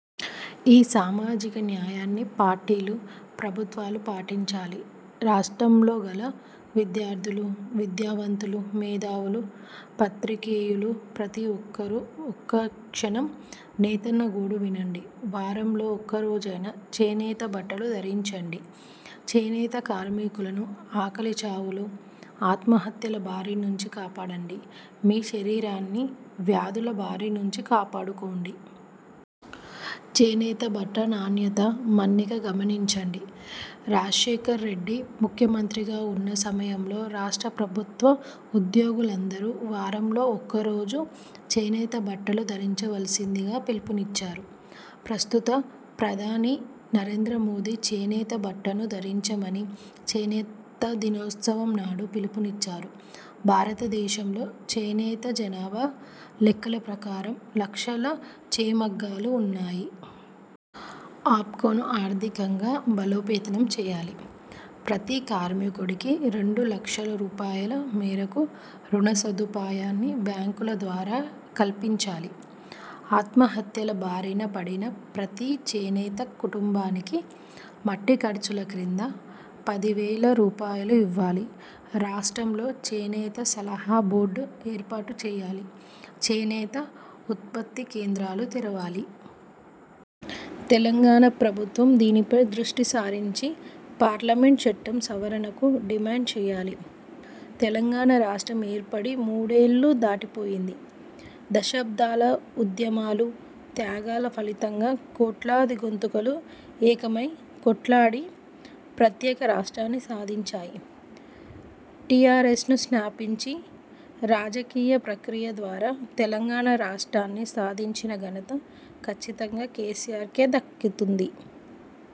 ఈ సామాజిక న్యాయాన్ని పార్టీలు, ప్రభుత్వాలు పాటించాలి. రాష్టంలోగల విద్యార్థులు, విద్యావంతులు, మేధావులు, పత్రికేయులు ప్రతి ఒక్కరు ఒక్కక్షణం నేతన్న గోడు వినండి. వారంలో ఒక్కరోజైనా చేనేత బట్టలు ధరించండి. చేనేత కార్మికులను ఆకలి చావులు/ ఆత్మహ త్యల బారినుంచి కాపాడండి. మీ శరీరాన్ని వ్యాధుల బారి నుంచి కాపాడుకోండి. చేనేత బట్ట నాణ్యత, మన్నిక గమనించండి. రాజ్శేఖర్ రెడ్డి ముఖ్యమంత్రిగా వున్న సమయంలో రాష్ట్ర ప్రభుత్వ ఉద్యోగులందరూ వారంలో ఒక రోజు చేనేత బట్టలు ధరించవలసిందిగా పిలుపునిచ్చారు. ప్రస్తుత ప్రధాని నరేంద్ర మోదీ చేనేత బట్టను ధరించమని, చేనేత దినోత్సవం నాడు పిలుపునిచ్చారు. భారతదేశంలో చేనేత జనాభా లెక్కల ప్రకారం లక్షల చేమగ్గాలు వున్నాయి. ఆప్కోను ఆర్ధికంగా బలోపేతనం చెయ్యాలి. ప్రతీ కార్మికుడికి రెండు లక్షలరూపాయల మేరకు రుణ సదుపాయాన్ని బ్యాంకుల ద్వారా కల్పించాలి. ఆత్మహత్యల బారిన పడిన ప్రతి చేనేత కుటుంబానికి మట్టిఖర్చుల క్రింద పదివేల రూపాయలు ఇవ్వాలి. రాష్ట్రంలో చేనేత సలహాబోర్డు ఏర్పాటు చెయ్యాలి. చేనేత ఉత్పత్తికేంద్రాలు తెరవాలి. తెలంగాణా ప్రభుత్వం దీనిపై దృష్టి సారించి పార్లమెంట్ చట్టం సవరణకు డిమాండ్ చెయ్యాలి. తెలంగాణ రాష్ట్రం ఏర్పడి మూడేళ్ళు దాటిపోయింది. దశాబ్దాల ఉద్య మాలు త్యాగాల ఫలితంగా కోట్లాది గొంతుకలు ఏకమై కొట్లాడి ప్రత్యేక రాష్ట్రాన్ని సాధించాయి. టీఆర్ఎస్ను స్నాపించి రాజకీయ ప్రక్రియ ద్వారా తెలంగాణా రాష్ట్రాన్ని సాధించిన ఘనత ఖచ్చితంగా కేసీఆర్కే దక్కితుంది.